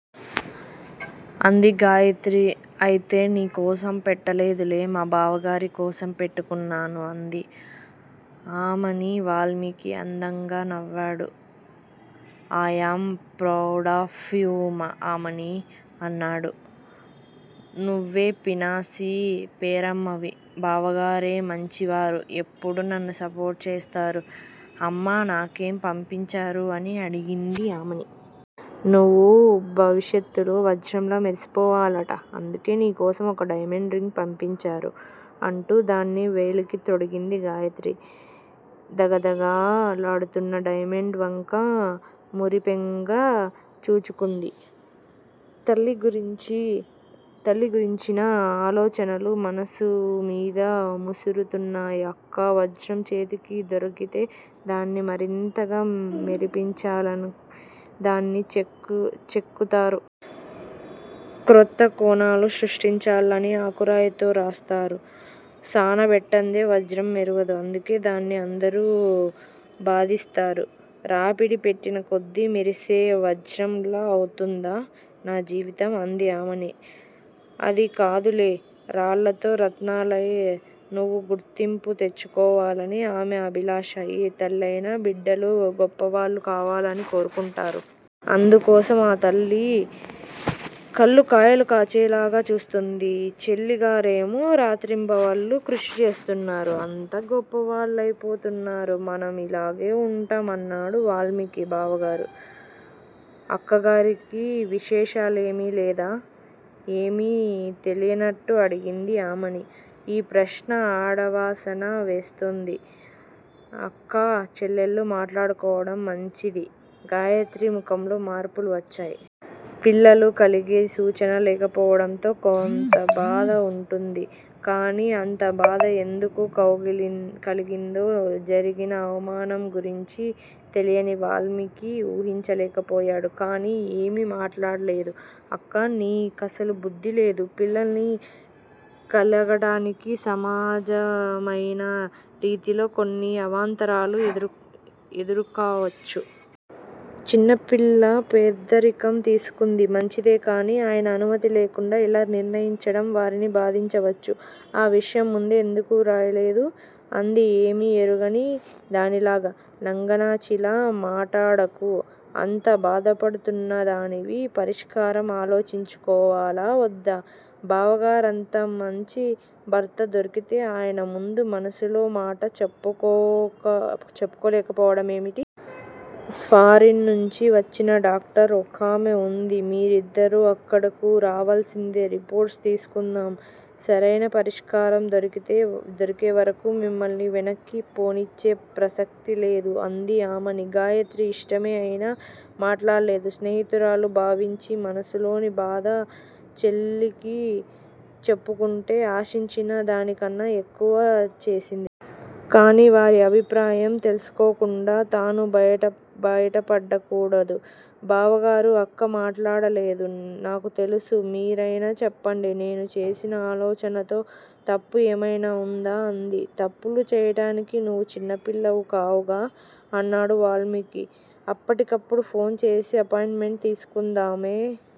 అంది గాయత్రి. అయితే నీకోసం పెట్టలేదులే! మా బావగారి కోసం పెట్టుకున్నాను. అంది ఆమని, వాల్మీకి అందంగా నవ్వాడు. I am proud of you Amani! అన్నాడు. నువ్వే పీనాసి పేరమ్మవి, బావగారే మంచివారు! ఎప్పుడూ నన్ను సపోర్టు చేస్తారు. అమ్మ నాకేం పంపించారు? అని అడిగింది ఆమని. నువ్వు భవిష్యత్తులో వజ్రంలా మెరిసిపోవాలట! అందుకే నీకోసం ఒక డైమండ్ రింగ్ పంపించారు అంటూ దాన్ని వ్రేలికి తొడిగింది గాయత్రి! ధగ ధగ లాడుతున్న డైమండ్ వంక మురిపెంగా చూచుకుంది, తల్లి గురించిన ఆలోచనలు మనసు మీద ముసురుతున్నాయి. అక్కా! వజ్రం చేతికి దొరికితే దాన్ని మరింతగా మెరిపించాలని దాన్ని చెక్కుతారు. క్రొత్త కోణాలు సృష్టించాలని ఆకురాయితో రాస్తారు. సాన పట్టందే వజ్రం మెరవదు. అందుకే దాన్ని అందరూ బాధిస్తారు. రాపిడి పెట్టిన కొద్దీ మెరిసే వజ్రంలా అవుతుందా నా జీవితం? అంది ఆమని. అది కాదులే! రాళ్ళలో రత్నంలా నువ్వు గుర్తింపు తెచ్చుకోవాలని ఆమె అభిలాష, ఏ తల్లి అయినా బిడ్డలు గొప్పవాళ్ళు కావాలని కోరుకుంటారు. అందుకోసం ఆ తల్లి కళ్ళుకాయలు కాచేలాగ చూస్తోంది. చెల్లిగారేమో రాత్రింబవళ్ళు కృషిచేస్తున్నారు. అంతా గొప్పవాళ్ళయిపోతారు. మనం ఇలాగే వుంటాం అన్నాడు వాల్మీకి. బావగారూ! అక్కగారికి విశేషాలేమీ లేదా? ఏమీ తెలియనట్టు అడిగింది ఆమని! ఈ ప్రశ్న ఆడవాసన వేస్తోంది! అక్కా చెల్లెళ్ళు మాట్లాడుకోవడం మంచిది. గాయత్రి ముఖంలో మార్పులు వచ్చాయి. పిల్లలు కలిగే సూచన లేకపోవడంతో కొంత బాధ వుంటుంది. కాని అంత బాధ ఎందుకు కలిగిందో జరిగిన అవమానం గురించి తెలియని వాల్మీకి ఊహించలేకపోయాడు. కానీ ఏమీ మాట్లాడలేదు. అక్కా! నీ కసలు బుద్ధి లేదు. పిల్లలు కలగటానికి సమజామయిన రీతిలో కొన్ని అవాంతరాలు ఎదురుకావచ్చు! చిన్నపిల్ల పెద్దరికం తీసుకుంది. మంచిదే, కాని ఆయన అనుమతి లేకుండా ఇలా నిర్ణయించడం వారిని బాధించవచ్చు! ఆ విషయం ముందే ఎందుకు వ్రాయలేదు? అంది ఏమీ ఎరుగని దానిలాగ! నంగనాచిలా మాటాడకు! అంత బాధపడుతున్నదానివి పరిష్కారం ఆలోచించుకోవాలా వద్దా? బావగారంత మంచి భర్త దొరికితే ఆయన ముందు మనసులో మాట చెప్పుకోలేకపోవడం ఏమిటి? ఫారిన్ నుంచి వచ్చిన డాక్టర్ ఒకామె వుంది! మీరిద్దరూ అక్కడకు రావలసిందే! రిపోర్ట్సు తీసుకుందాం! సరయిన పరిష్కారం దొరికే వరకూ మిమ్మల్ని వెనక్కి పోనిచ్చే ప్రసక్తి లేదు అంది ఆమని. గాయత్రి ఇష్టమే అయినా మాటాడలేదు. స్నేహితురాలుగా భావించి మనసులోని బాధ చెల్లికి చెప్పుకుంటే ఆశించిన దానికన్నా ఎక్కువే చేసింది. కాని వారి అభిప్రాయం తెలుసుకోకుండా తాను బయటపడ కూడదు. బావగారూ! అక్క మాటాడలేదు నాకు తెలుసు. మీరయినా చెప్పండి. నేను చేసిన ఆలోచనలో తప్పు ఏమయినా వుందా? అంది. తప్పులు చేయటానికి నువ్వు చిన్నపిల్లవు కావుగా! అన్నాడు వాల్మీకి. అప్పటికప్పుడు ఫోన్ చేసి అపాయింట్ మెంట్ తీసుకుందామె.